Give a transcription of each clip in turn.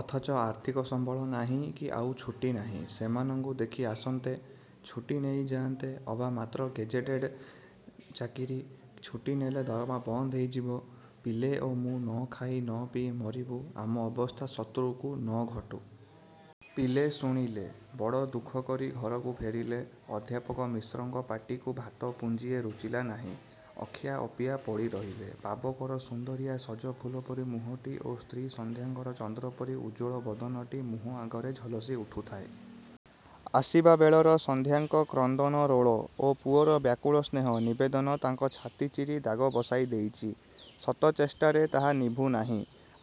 ଅଥଚ ଆର୍ଥିକ ସମ୍ବଳ ନାହିଁ କି ଆଉ ଛୁଟୀ ନାହିଁ ସେମାନଙ୍କୁ ଦେଖି ଆସନ୍ତେ। ଛୁଟୀ ନେଇ ଯାଆନ୍ତେ ଅବା, ମାତ୍ର ଗେଜେଟେଡ଼ ଚାକିରୀ। ଛୁଟି ନେଲେ ଦରମା ବନ୍ଦ ହୋଇଯିବ। ପିଲେ ଓ ମୁଁ ନ ଖାଇ ନ ପିଇ ମରିବୁ। ଆମ ଅବସ୍ଥା ଶତ୍ରୁ କୁ ନ ଘଟୁ। ପିଲେ ଶୁଣିଲେ। ବଡ଼ ଦୁଃଖ କରି ଘରକୁ ଫେରିଲେ। ଅଧ୍ୟାପକ ମିଶ୍ରଙ୍କ ପାଟିକୁ ଭାତ ପୁଞ୍ଜିଏ ରୁଚିଲା ନାହିଁ। ଅଖିଆ ଅପିଆ ପଡ଼ି ରହିଲେ। ପାବକର ସୁନ୍ଦରିଆ ସଜ ଫୁଲ ପରି ମୁହଁଟି ଓ ସ୍ତ୍ରୀ ସନ୍ଧ୍ୟାଙ୍କର ଚନ୍ଦ୍ର ପରି ଉଜ୍ଜ୍ୱଳ ବଦନଟି ମୁହଁ ଆଗରେ ଝଲସି ଉଠୁଥାଏ। ଆସିବାବେଳର ସନ୍ଧ୍ୟାଙ୍କ କ୍ରନ୍ଦନ ରୋଳ ଓ ପୁଅର ବ୍ୟାକୁଳ ସ୍ନେହ ନିବେଦନ ତାଙ୍କ ଛାତି ଚିରି ଦାଗ ବସାଇ ଦେଇଚି। ଶତ ଚେଷ୍ଟାରେ ତାହା ନିଭୁନାହିଁ।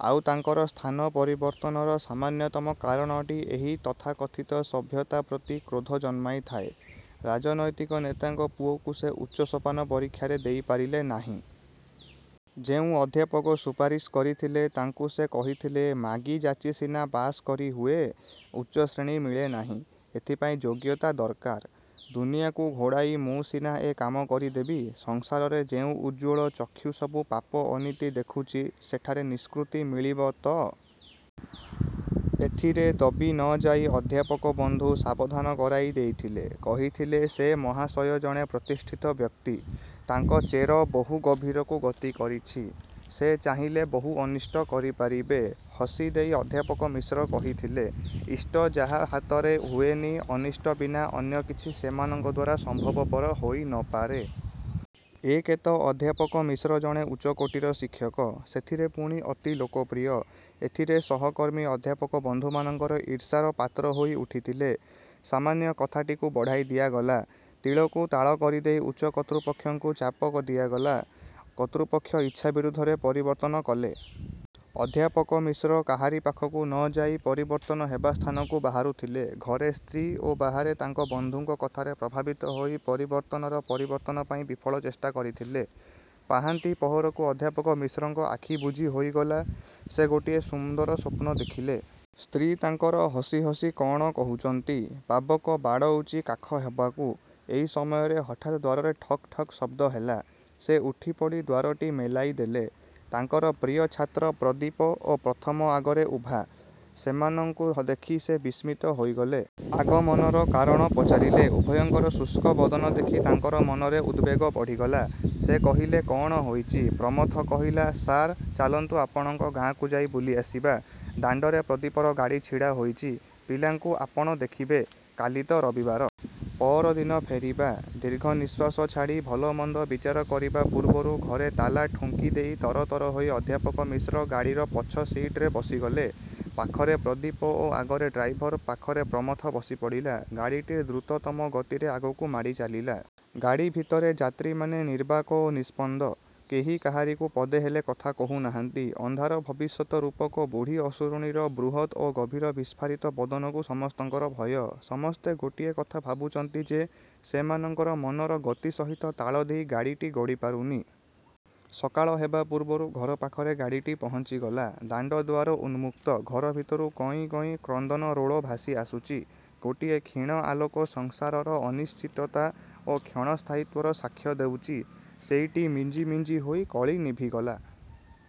ଆଉ ତାଙ୍କର ସ୍ଥାନ ପରିବର୍ତ୍ତନର ସାମାନ୍ୟତମ କାରଣଟି ଏହି ତଥାକଥିତ ସଭ୍ୟତା ପ୍ରତି କ୍ରୋଧ ଜନ୍ମାଇଥାଏ। ରାଜନୈତିକ ନେତାଙ୍କ ପୁଅକୁ ସେ ଉଚ୍ଚ ସୋପାନ ପରୀକ୍ଷାରେ ଦେଇପାରିଲେ ନାହିଁ। ଯେଉଁ ଅଧ୍ୟାପକ ସୁପାରିଶ କରିଥିଲେ, ତାଙ୍କୁ ସେ କହିଥିଲେ-ମାଗି ଯାଚି ସିନା ପାଶ୍ କରି ହୁଏ, ଉଚ୍ଚଶ୍ରେଣୀ ମିଳେ ନାହିଁ। ଏଥିପାଇଁ ଯୋଗ୍ୟତା ଦର୍କାର। ଦୁନିଆକୁ ଘୋଡ଼ାଇ ମୁଁ ସିନା ଏ କାମ କରିଦେବି, ସଂସାରରେ ଯେଉଁ ଉଜ୍ଜ୍ୱଳ ଚକ୍ଷୁ ସବୁ ପାପ ଅନୀତି ଦେଖୁଚି, ସେଠାରେ ନିଷ୍କୃତି ମିଳିବ ତ! ଏଥିରେ ଦବି ନ ଯାଇ ଅଧ୍ୟାପକ ବନ୍ଧୁ ସାବଧାନ କରାଇ ଦେଇଥିଲେ। କହିଥିଲେ-ସେ ମହାଶୟ ଜଣେ ପ୍ରତିଷ୍ଠିତ ବ୍ୟକ୍ତି। ତାଙ୍କ ଚେର ବହୁ ଗଭୀରକୁ ଗତି କରିଚି। ସେ ଚାହିଁଲେ ବହୁ ଅନିଷ୍ଟ କରି ପାରିବେ। ହସି ଦେଇ ଅଧ୍ୟାପକ ମିଶ୍ର କହିଥିଲେ-ଇଷ୍ଟ ଯାହା ହାତରେ ହୁଏନି, ଅନିଷ୍ଟ ବିନା ଅନ୍ୟ କିଛି ସେମାନଙ୍କ ଦ୍ୱାରା ସମ୍ଭବପର ହୋଇ ନ ପାରେ। ଏକେ ତ ଅଧ୍ୟାପକ ମିଶ୍ର ଜଣେ ଉଚ୍ଚକୋଟୀର ଶିକ୍ଷକ। ସେଥିରେ ପୁଣି ଅତି ଲୋକପ୍ରିୟ। ଏଥିରେ ସହକର୍ମୀ ଅଧ୍ୟାପକ ବନ୍ଧୁମାନଙ୍କର ଈର୍ଷାର ପାତ୍ର ହୋଇ ଉଠିଥିଲେ। ସାମାନ୍ୟ କଥାଟିକୁ ବଢ଼ାଇ ଦିଆଗଲା। ତିଳକୁ ତାଳ କରିଦେଇ ଉଚ୍ଚ କର୍ତ୍ତୃପକ୍ଷଙ୍କୁ ଚାପ ଦିଆଗଲା-। କର୍ତ୍ତୃପକ୍ଷ ଇଚ୍ଛା ବିରୁଦ୍ଧରେ ପରିବର୍ତ୍ତନ କଲେ। ଅଧ୍ୟାପକ ମିଶ୍ର କାହାରି ପାଖକୁ ନ ଯାଇ ପରିବର୍ତ୍ତନ ହେବା ସ୍ଥାନକୁ ବାହାରୁଥିଲେ। ଘରେ ସ୍ତ୍ରୀ ଓ ବାହାରେ ତାଙ୍କ ବନ୍ଧୁଙ୍କ କଥାରେ ପ୍ରଭାବିତ ହୋଇ ପରିବର୍ତ୍ତନର ପରିବର୍ତ୍ତନ ପାଇଁ ବିଫଳ ଚେଷ୍ଟା କରିଥିଲେ। ପାହାନ୍ତି ପହରକୁ ଅଧ୍ୟାପକ ମିଶ୍ରଙ୍କ ଆଖି ବୁଜି ହୋଇଗଲା। ସେ ଗୋଟିଏ ସୁନ୍ଦର ସ୍ୱପ୍ନ ଦେଖିଲେ। ସ୍ତ୍ରୀ ତାଙ୍କର ହସି ହସି କ'ଣ କହୁଚନ୍ତି। ପାବକ ହାତ ବାଡ଼ଉଚି କାଖ ହବାକୁ। ଏଇ ସମୟରେ ହଠାତ୍ ଦ୍ୱାରରେ ଠକ୍ ଠକ୍ ଶବ୍ଦ ହେଲା। ସେ ଉଠିପଡ଼ି ଦ୍ୱାରଟି ମେଲାଇ ଦେଲେ-। ତାଙ୍କର ପ୍ରିୟ ଛାତ୍ର ପ୍ରଦୀପ ଓ ପ୍ରଥମ ଆଗରେ ଉଭା। ସେମାନଙ୍କୁ ଦେଖି ସେ ବିସ୍ମିତ ହୋଇଗଲେ। ଆଗମନର କାରଣ ପଚାରିଲେ। ଉଭୟଙ୍କର ଶୁଷ୍କ ବଦନ ଦେଖି ତାଙ୍କର ମନର ଉଦବେଗ ବଢ଼ିଗଲା। ସେ କହିଲେ-କଣ ହୋଇଚି? ପ୍ରମଥ କହିଲା-ସାର୍, ଚାଲନ୍ତୁ ଆପଣଙ୍କ ଗାଁକୁ ଯାଇ ବୁଲି ଆସିବା। ଦାଣ୍ଡରେ ପ୍ରଦୀପର ଗାଡ଼ି ଛିଡ଼ା ହୋଇଚି। ପିଲାଙ୍କୁ ଆପଣ ଦେଖିବେ। କାଲି ତ ରବିବାର। ପଅର ଦିନ ଫେରିବା। ଦୀର୍ଘ ନିଶ୍ୱାସ ଛାଡ଼ି ଭଲ ମନ୍ଦ ବିଚାର କରିବା ପୂର୍ବରୁ ଘରେ ତାଲା ଠୁଙ୍କିଦେଇ ତରତର ହୋଇ ଅଧ୍ୟାପକ ମିଶ୍ର ଗାଡ଼ିର ପଛ ସିଟରେ ବସିଗଲେ। ପାଖରେ ପ୍ରଦୀପ ଓ ଆଗରେ ଡ୍ରାଇଭର ପାଖରେ ପ୍ରମଥ ବସି ପଡ଼ିଲା। ଗାଡ଼ିଟି ଦ୍ରୁତତମ ଗତିରେ ଆଗକୁ ମାଡ଼ି ଚାଲିଲା। ଗାଡ଼ି ଭିତର ଯାତ୍ରୀମାନେ ନିର୍ବାକ୍ ଓ ନିସ୍ପନ୍ଦ। କେହି କାହାରିକୁ ପଦେ ହେଲେ କଥା କହୁ ନାହାନ୍ତି। ଅନ୍ଧାର ଭବିଷ୍ୟତ ରୂପକ ବୁଢ଼ୀ ଅସୁରୁଣୀର ବୃହତ୍ ଓ ଗଭୀର ବିସ୍ଫାରିତ ବଦନକୁ ସମସ୍ତଙ୍କର ଭୟ। ସମସ୍ତେ ଗୋଟିଏ କଥା ଭାବୁଚନ୍ତି ଯେ ସେମାନଙ୍କର ମନର ଗତି ସହିତ ତାଳ ଦେଇ ଗାଡ଼ିଟି ଗଡ଼ି ପାରୁନି। ସକାଳ ହେବା ପୂର୍ବରୁ ଘର ପାଖରେ ଗାଡ଼ିଟି ପହଞ୍ଚିଗଲା। ଦାଣ୍ଡ ଦୁଆର ଉନ୍ମୁକ୍ତ। ଘର ଭିତରୁ କଇଁ କଇଁ କ୍ରନ୍ଦନରୋଳ ଭାସି ଆସୁଚି। ଗୋଟିଏ କ୍ଷୀଣ ଆଲୋକ ସଂସାରର ଅନିଶ୍ଚିତତା ଓ କ୍ଷଣ ସ୍ଥାୟିତ୍ୱର ସାକ୍ଷ୍ୟ ଦେଉଚି। ସେଇଟି ମିଞ୍ଜି ମିଞ୍ଜି ହୋଇ କଳି ନିଭିଗଲା।